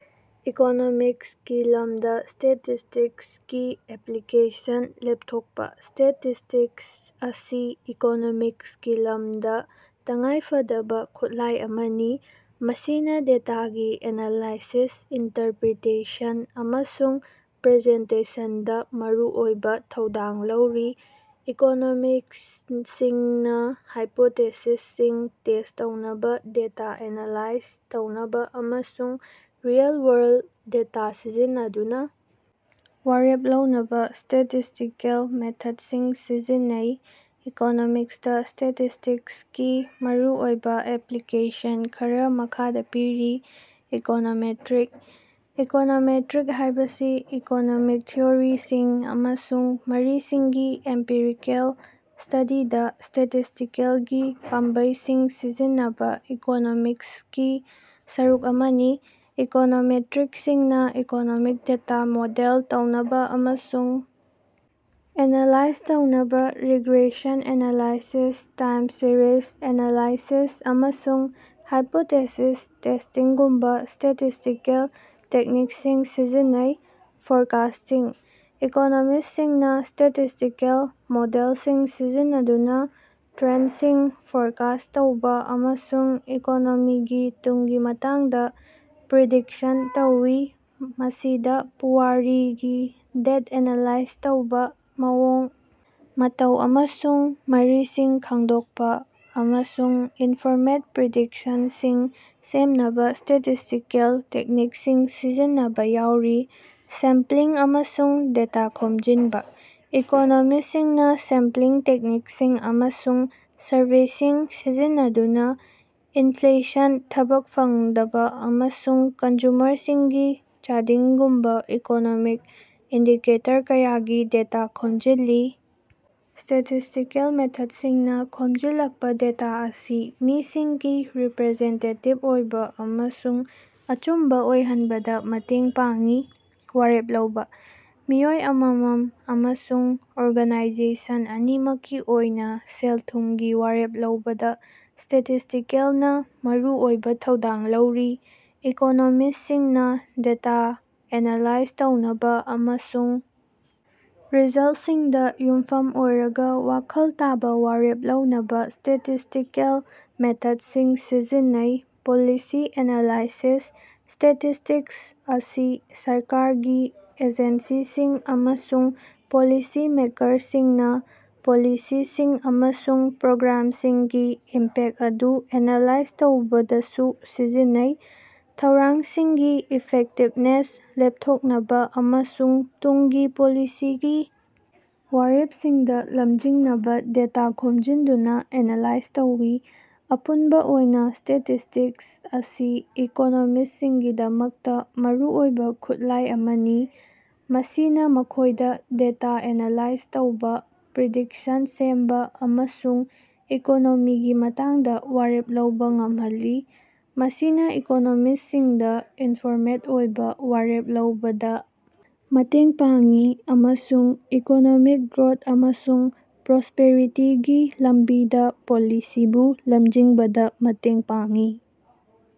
ꯏꯀꯣꯅꯣꯃꯤꯛꯁꯀꯤ ꯂꯝꯗ ꯁ꯭ꯇꯦꯇꯤꯁ꯭ꯇꯤꯛꯁꯀꯤ ꯑꯦꯄ꯭ꯂꯤꯀꯦꯁꯟ ꯂꯦꯞꯊꯣꯛꯄ꯫ ꯁ꯭ꯇꯦꯇꯤꯁ꯭ꯇꯤꯛꯁ ꯑꯁꯤ ꯏꯀꯣꯅꯣꯃꯤꯛꯁꯀꯤ ꯂꯝꯗ ꯇꯉꯥꯏ ꯐꯗꯕ ꯈꯨꯠꯂꯥꯏ ꯑꯃꯅꯤ, ꯃꯁꯤꯅ ꯗꯦꯇꯥꯒꯤ ꯑꯦꯅꯂꯥꯏꯁꯤꯁ, ꯏꯟꯇꯔꯄ꯭ꯔꯤꯇꯦꯁꯟ ꯑꯃꯁꯨꯡ ꯄ꯭ꯔꯖꯦꯟꯇꯦꯁꯟꯗ ꯃꯔꯨꯑꯣꯏꯕ ꯊꯧꯗꯥꯡ ꯂꯧꯔꯤ꯫ ꯏꯀꯣꯅꯣꯃꯤꯁꯁꯤꯡꯅ ꯍꯥꯏꯄꯣꯇꯦꯁꯤꯁꯁꯤꯡ ꯇꯦꯁ ꯇꯧꯅꯕ, ꯗꯦꯇꯥ ꯑꯦꯅꯥꯂꯥꯏꯖ ꯇꯧꯅꯕ ꯑꯃꯁꯨꯡ ꯔꯤꯑꯦꯜ-ꯋꯥꯔꯜꯗ ꯗꯦꯇꯥ ꯁꯤꯖꯤꯟꯅꯗꯨꯅ ꯋꯥꯔꯦꯞ ꯂꯧꯅꯕ ꯁ꯭ꯇꯦꯇꯤꯁꯇꯤꯀꯦꯜ ꯃꯦꯊꯗꯁꯤꯡ ꯁꯤꯖꯤꯟꯅꯩ꯫ ꯏꯀꯣꯅꯣꯃꯤꯛꯁꯇ ꯁ꯭ꯇꯦꯇꯤꯁꯇꯤꯛꯁꯀꯤ ꯃꯔꯨꯑꯣꯏꯕ ꯑꯦꯄ꯭ꯂꯤꯀꯦꯁꯟ ꯈꯔ ꯃꯈꯥꯗ ꯄꯤꯔꯤ: ꯏꯀꯣꯅꯣꯃꯦꯠꯔꯤꯛ: ꯏꯀꯣꯅꯣꯃꯦꯇ꯭ꯔꯤꯛ ꯍꯥꯏꯕꯁꯤ ꯏꯀꯣꯅꯣꯃꯤꯛ ꯊꯤꯑꯣꯔꯤꯁꯤꯡ ꯑꯃꯁꯨꯡ ꯃꯔꯤꯁꯤꯡꯒꯤ ꯑꯦꯝꯄꯤꯔꯤꯀꯦꯜ ꯁ꯭ꯇꯗꯤꯗ ꯁ꯭ꯇꯦꯇꯤꯁ꯭ꯇꯤꯀꯦꯜꯒꯤ ꯄꯥꯝꯕꯩꯁꯤꯡ ꯁꯤꯖꯤꯟꯅꯕ ꯏꯀꯣꯅꯣꯃꯤꯛꯁꯀꯤ ꯁꯔꯨꯛ ꯑꯃꯅꯤ꯫ ꯏꯀꯣꯅꯣꯃꯦꯇ꯭ꯔꯤꯛꯁꯤꯡꯅ ꯏꯀꯣꯅꯣꯃꯤꯛ ꯗꯦꯇꯥ ꯃꯣꯗꯦꯜ ꯇꯧꯅꯕ ꯑꯃꯁꯨꯡ ꯑꯦꯅꯥꯂꯥꯏꯖ ꯇꯧꯅꯕ regression analysis, time series analysis, ꯑꯃꯁꯨꯡ ꯍꯥꯏꯄꯣꯇꯦꯁꯤꯁ ꯇꯦꯁꯇꯤꯡꯒꯨꯝꯕ ꯁ꯭ꯇꯦꯇꯤꯁꯇꯤꯀꯦꯜ ꯇꯦꯛꯅꯤꯛꯁꯤꯡ ꯁꯤꯖꯤꯟꯅꯩ꯫ ꯐꯣꯔꯀꯥꯁꯇꯤꯡ: ꯏꯀꯣꯅꯣꯃꯤꯁꯁꯤꯡꯅ ꯁ꯭ꯇꯦꯇꯤꯁꯇꯤꯀꯦꯜ ꯃꯣꯗꯦꯜꯁꯤꯡ ꯁꯤꯖꯤꯟꯅꯗꯨꯅ ꯇ꯭ꯔꯦꯟꯁꯤꯡ ꯐꯣꯔꯀꯥꯁ꯭ꯠ ꯇꯧꯕ ꯑꯃꯁꯨꯡ ꯏꯀꯣꯅꯣꯃꯤꯒꯤ ꯇꯨꯡꯒꯤ ꯃꯇꯥꯡꯗ ꯄ꯭ꯔꯤꯗꯤꯛꯁꯟ ꯇꯧꯏ꯫ ꯃꯁꯤꯗ ꯄꯨꯋꯥꯔꯤꯒꯤ ꯗꯦꯇ ꯑꯦꯅꯥꯂꯥꯏꯖ ꯇꯧꯕ, ꯃꯑꯣꯡ ꯃꯇꯧ ꯑꯃꯁꯨꯡ ꯃꯔꯤꯁꯤꯡ ꯈꯪꯗꯣꯛꯄ, ꯑꯃꯁꯨꯡ ꯏꯟꯐꯣꯔꯃꯦꯗ ꯄ꯭ꯔꯤꯗꯤꯛꯁꯟꯁꯤꯡ ꯁꯦꯝꯅꯕ ꯁ꯭ꯇꯦꯇꯤꯁꯇꯤꯀꯦꯜ ꯇꯦꯛꯅꯤꯛꯁꯤꯡ ꯁꯤꯖꯤꯟꯅꯕ ꯌꯥꯎꯔꯤ꯫ ꯁꯦꯝꯄ꯭ꯂꯤꯡ ꯑꯃꯁꯨꯡ ꯗꯦꯇꯥ ꯈꯣꯝꯖꯤꯟꯕ: ꯏꯀꯣꯅꯣꯃꯤꯁꯁꯤꯡꯅ ꯁꯦꯝꯄ꯭ꯂꯤꯡ ꯇꯦꯛꯅꯤꯛꯁꯤꯡ ꯑꯃꯁꯨꯡ ꯁꯔꯚꯦꯁꯤꯡ ꯁꯤꯖꯤꯟꯅꯗꯨꯅ ꯏꯟꯐ꯭ꯂꯦꯁꯟ, ꯊꯕꯛ ꯐꯪꯗꯕ, ꯑꯃꯁꯨꯡ ꯀꯟꯖꯨꯃꯔꯁꯤꯡꯒꯤ ꯆꯥꯗꯤꯡꯒꯨꯝꯕ ꯏꯀꯣꯅꯣꯃꯤꯛ ꯏꯟꯗꯤꯀꯦꯇꯔ ꯀꯌꯥꯒꯤ ꯗꯦꯇꯥ ꯈꯣꯝꯖꯤꯜꯂꯤ꯫ ꯁ꯭ꯇꯦꯇꯤꯁꯇꯤꯀꯦꯜ ꯃꯦꯊꯗꯁꯤꯡꯅ ꯈꯣꯝꯖꯤꯜꯂꯛꯄ ꯗꯦꯇꯥ ꯑꯁꯤ ꯃꯤꯁꯤꯡꯒꯤ ꯔꯤꯄꯔꯖꯦꯟꯇꯦꯇꯤꯕ ꯑꯣꯏꯕ ꯑꯃꯁꯨꯡ ꯑꯆꯨꯝꯕ ꯑꯣꯏꯍꯟꯕꯗ ꯃꯇꯦꯡ ꯄꯥꯡꯏ꯫ ꯋꯥꯔꯦꯞ ꯂꯧꯕ: ꯃꯤꯑꯣꯏ ꯑꯃꯃꯝ ꯑꯃꯁꯨꯡ ꯑꯣꯔꯒꯅꯥꯏꯖꯦꯁꯟ ꯑꯅꯤꯃꯛꯀꯤ ꯑꯣꯏꯅ ꯁꯦꯜ-ꯊꯨꯃꯒꯤ ꯋꯥꯔꯦꯞ ꯂꯧꯕꯗ ꯁ꯭ꯇꯦꯇꯤꯁꯇꯤꯀꯦꯜꯅ ꯃꯔꯨꯑꯣꯏꯕ ꯊꯧꯗꯥꯡ ꯂꯧꯔꯤ꯫ ꯏꯀꯣꯅꯣꯃꯤꯁꯁꯤꯡꯅ ꯗꯦꯇꯥ ꯑꯦꯅꯥꯂꯥꯏꯖ ꯇꯧꯅꯕ ꯑꯃꯁꯨꯡ ꯔꯤꯖꯜꯇꯁꯤꯡꯗ ꯌꯨꯝꯐꯝ ꯑꯣꯏꯔꯒ ꯋꯥꯈꯜ ꯇꯥꯕ ꯋꯥꯔꯦꯞ ꯂꯧꯅꯕ ꯁ꯭ꯇꯦꯇꯤꯁꯇꯤꯀꯦꯜ ꯃꯦꯊꯗꯁꯤꯡ ꯁꯤꯖꯤꯟꯅꯩ꯫ ꯄꯣꯂꯤꯁꯤ ꯑꯦꯅꯥꯂꯥꯏꯁꯤꯁ: ꯁ꯭ꯇꯦꯇꯤꯁꯇꯤꯛꯁ ꯑꯁꯤ ꯁꯔꯀꯥꯔꯒꯤ ꯑꯦꯖꯦꯟꯁꯤꯁꯤꯡ ꯑꯃꯁꯨꯡ ꯄꯣꯂꯤꯁꯤ ꯃꯦꯛꯔꯁꯤꯡꯅ ꯄꯣꯂꯤꯁꯤꯁꯤꯡ ꯑꯃꯁꯨꯡ ꯄ꯭ꯔꯣꯒ꯭ꯔꯥꯝꯁꯤꯡꯒꯤ ꯏꯝꯄꯦꯛ ꯑꯗꯨ ꯑꯦꯅꯥꯂꯥꯏꯖ ꯇꯧꯕꯗꯁꯨ ꯁꯤꯖꯤꯟꯅꯩ꯫ ꯊꯧꯔꯥꯡꯁꯤꯡꯒꯤ ꯏꯐꯦꯛꯇꯤꯕꯅꯦꯁ ꯂꯦꯞꯊꯣꯛꯅꯕ ꯑꯃꯁꯨꯡ ꯇꯨꯡꯒꯤ ꯄꯣꯂꯤꯁꯤꯒꯤ ꯋꯥꯔꯦꯞꯁꯤꯡꯗ ꯂꯝꯖꯤꯡꯅꯕ ꯗꯦꯇꯥ ꯈꯣꯝꯖꯤꯟꯗꯨꯅ ꯑꯦꯅꯥꯂꯥꯏꯖ ꯇꯧꯏ꯫ ꯑꯄꯨꯟꯕ ꯑꯣꯏꯅ ꯁ꯭ꯇꯦꯇꯤꯁꯇꯤꯛꯁ ꯑꯁꯤ ꯏꯀꯣꯅꯣꯃꯤꯁꯁꯤꯡꯒꯤꯗꯃꯛꯇ ꯃꯔꯨꯑꯣꯏꯕ ꯈꯨꯠꯂꯥꯏ ꯑꯃꯅꯤ, ꯃꯁꯤꯅ ꯃꯈꯣꯏꯗ ꯗꯦꯇꯥ ꯑꯦꯅꯥꯂꯥꯏꯖ ꯇꯧꯕ, ꯄ꯭ꯔꯤꯗꯤꯛꯁꯟ ꯁꯦꯝꯕ ꯑꯃꯁꯨꯡ ꯏꯀꯣꯅꯣꯃꯤꯒꯤ ꯃꯇꯥꯡꯗ ꯋꯥꯔꯦꯞ ꯂꯧꯕ ꯉꯝꯍꯜꯂꯤ꯫ ꯃꯁꯤꯅ ꯏꯀꯣꯅꯣꯃꯤꯁꯁꯤꯡꯗ ꯏꯟꯐꯣꯔꯃꯦꯗ ꯑꯣꯏꯕ ꯋꯥꯔꯦꯞ ꯂꯧꯕꯗ ꯃꯇꯦꯡ ꯄꯥꯡꯏ ꯑꯃꯁꯨꯡ ꯏꯀꯣꯅꯣꯃꯤꯛ ꯒ꯭ꯔꯣꯊ ꯑꯃꯁꯨꯡ ꯄ꯭ꯔꯣꯁꯄꯦꯔꯤꯇꯤꯒꯤ ꯂꯝꯕꯤꯗ ꯄꯣꯂꯤꯁꯤꯕꯨ ꯂꯝꯖꯤꯡꯕꯗ ꯃꯇꯦꯡ ꯄꯥꯡꯏ꯫